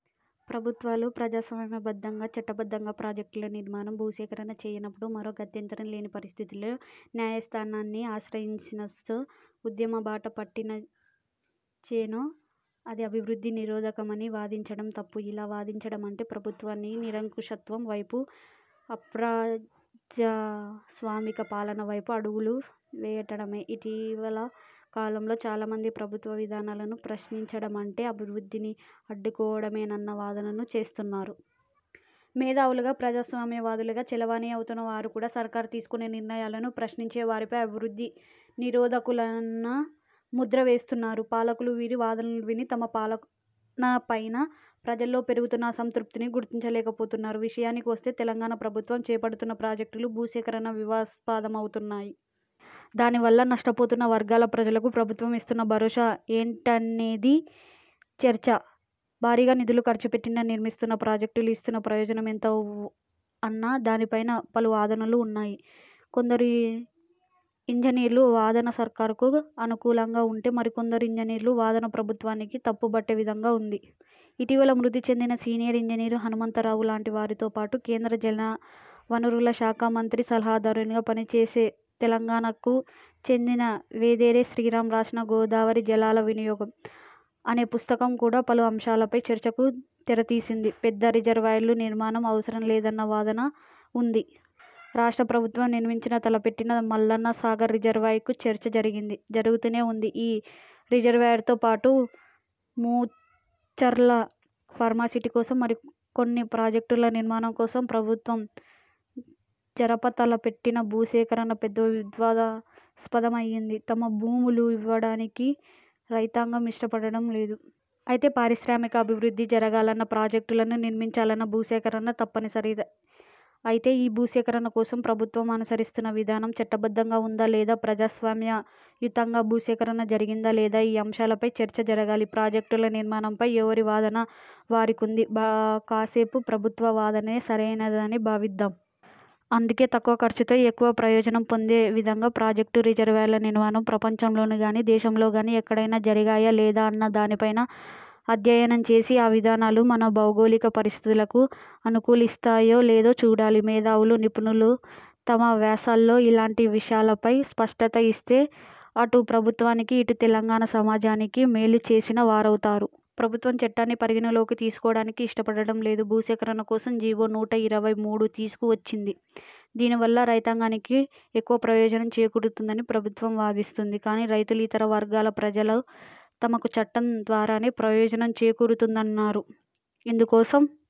ప్రభుత్వాలు ప్రజాస్వామ్యబద్ధంగా, చట్టబద్ధంగా ప్రాజెక్టుల నిర్మాణం, భూసేకరణ చేయనప్పుడు, మరో గత్యంతరం లేని పరిస్థితుల్లో న్యాయస్థానాన్ని ఆశ్రయించినస్తూ, ఉద్యమ బాట పట్టి చేనో అది అభివృద్ధి నిరోధకమని వాదించడం తప్పు. ఇలా వాదించడం మంటే ప్రభుత్వాన్ని నిరంకుశత్వం వైపూ, అప్రజాస్వామిక పాలన వైపూ అడుగులు వేయించడమే. ఇటీవల కాలంలో చాలా మంది ప్రభుత్వ విధానాలను ప్రశ్నించడ మంటే అభివృద్ధిని అడ్డుకోవడమేనన్న వాదనను చేస్తున్నారు. మేధావులుగా, ప్రజాస్వామ్యవాదులుగా చలామణి అవుతున్న వారు కూడా సర్కార్ తీసుకునే నిర్ణయాలను ప్రశ్నించే వారిపై అభివృద్ధి నిరోధకులన్న ముద్ర వేస్తున్నారు. పాలకులు వీరి వాదనలు విని తమ పాల నపైన ప్రజల్లో పెరుగుతున్న అసంతృప్తిని గుర్తించలేకపోతున్నారు. విషయానికి వస్తే తెలంగాణ ప్రభుత్వం చేపడుతున్న ప్రాజెక్టులు, భూసేకరణ వివాస్పదమవుతున్నాయి. దానివల్ల నష్టపోతున్న వర్గాల ప్రజలకు ప్రభుత్వం ఇస్తున్న భరోసా ఏంటనేది చర్చ. భారీగా నిధులు ఖర్చు పెట్టి నిర్మిస్తున్న ప్రాజెక్టులు ఇస్తున్న ప్రయోజనం ఎంత అన్న దానిపై పలు వాదనలు ఉన్నాయి. కొందరు ఇంజనీర్ల వాదన సర్కారుకు అనుకూలంగా ఉంటే, మరికొందరు ఇంజనీర్ల వాదన ప్రభుత్వాన్ని తప్పుబట్టే విధంగా ఉంది. ఇటీవల మృతి చెందిన సీనియర్ ఇంజనీర్ హనుమంతరావు లాంటి వారితో పాటు కేంద్ర జలవనరుల శాఖా మంత్రి సలహాదారునిగా పనిచేసే తెలంగాణకు చెందిన వెదిరే శ్రీరాం రాసిన 'గోదావరి జలాల వినియోగం' అనే పుస్తకం కూడా పలు అంశాలపై చర్చకు తెరతీసింది. పెద్ద రిజర్వాయర్ల నిర్మాణ అవసరం లేదన్న వాదన ఉంది. రాష్ట్ర ప్రభుత్వం నిర్మించిన తలపెట్టిన మల్లన్న సాగర్ రిజర్వాయర్కు చర్చ జరిగింది. జరుగుతూనే ఉంది. ఈ రిజర్వాయర్తో పాటు ముచ్చర్ల ఫార్మాసిటీ కోసం, మరికొన్ని ప్రాజెక్టుల నిర్మాణం కోసం ప్రభుత్వం జరపతల పెట్టిన భూసేకరణ పెద్ద వివాదస్పదం అయింది. తమ భూములు ఇవ్వడానికి రైతాంగం ఇష్టపడడం లేదు. అయితే పారిశ్రామికాభివృద్ధి జరగాలన్నా, ప్రాజెక్టులను నిర్మించాలన్నా భూసేకరణ తప్పనిసరి. అయితే ఈ భూసేకరణ కోసం ప్రభుత్వం అనుసరిస్తున్న విధానం చట్టబద్ధంగా ఉందా లేదా? ప్రజాస్వామ్యయుతంగా భూసేకరణ జరిగిందా లేదా? ఈ అంశాలపై చర్చ జరగాలి. ప్రాజెక్టుల నిర్మాణంపై ఎవరి వాదన వారికుంది.బా కాసేపు ప్రభుత్వ వాదనే సరైనదని భావిద్దాం. అందుకే తక్కువ ఖర్చుతో ఎక్కువ ప్రయోజనం పొందే విధంగా ప్రాజెక్టు, రిజర్వాయర్ల నిర్మాణం ప్రపంచంలోని గానీ, దేశంలో గానీ ఎక్కడైనా జరిగాయా లేదా అన్న దానిపైన అధ్యయనం చేసి, ఆ విధానాలు మన భౌగోళిక పరిస్థితులకు అనుకూలిస్తాయో లేదో చూడాలి. మేధావులు, నిపుణులు తమ వ్యాసాల్లో ఇలాంటి విషయాలపై స్పష్టత ఇస్తే అటు ప్రభుత్వానికి ఇటు తెలంగాణ సమాజానికి మేలు చేసిన వారవుతారు. ఫ్రభుత్వం చట్టాన్ని పరిగణలోనికి తీసుకోవడానికి ఇష్టపడడం లేదు. భూసేకరణ కోసం జీవో నూట ఇరవై మూడు తీసుకు వచ్చింది. దీని వల్ల రైతాంగానికి ఎక్కువ ప్రయోజనం చేకూరుతుందని ప్రభుత్వం వాదిస్తోంది. కానీ రైతులు, ఇతర వర్గాల ప్రజలు తమకు చట్టం ద్వారానే ప్రయోజనం చేకూరుతుందన్నారు. ఇందుకోసం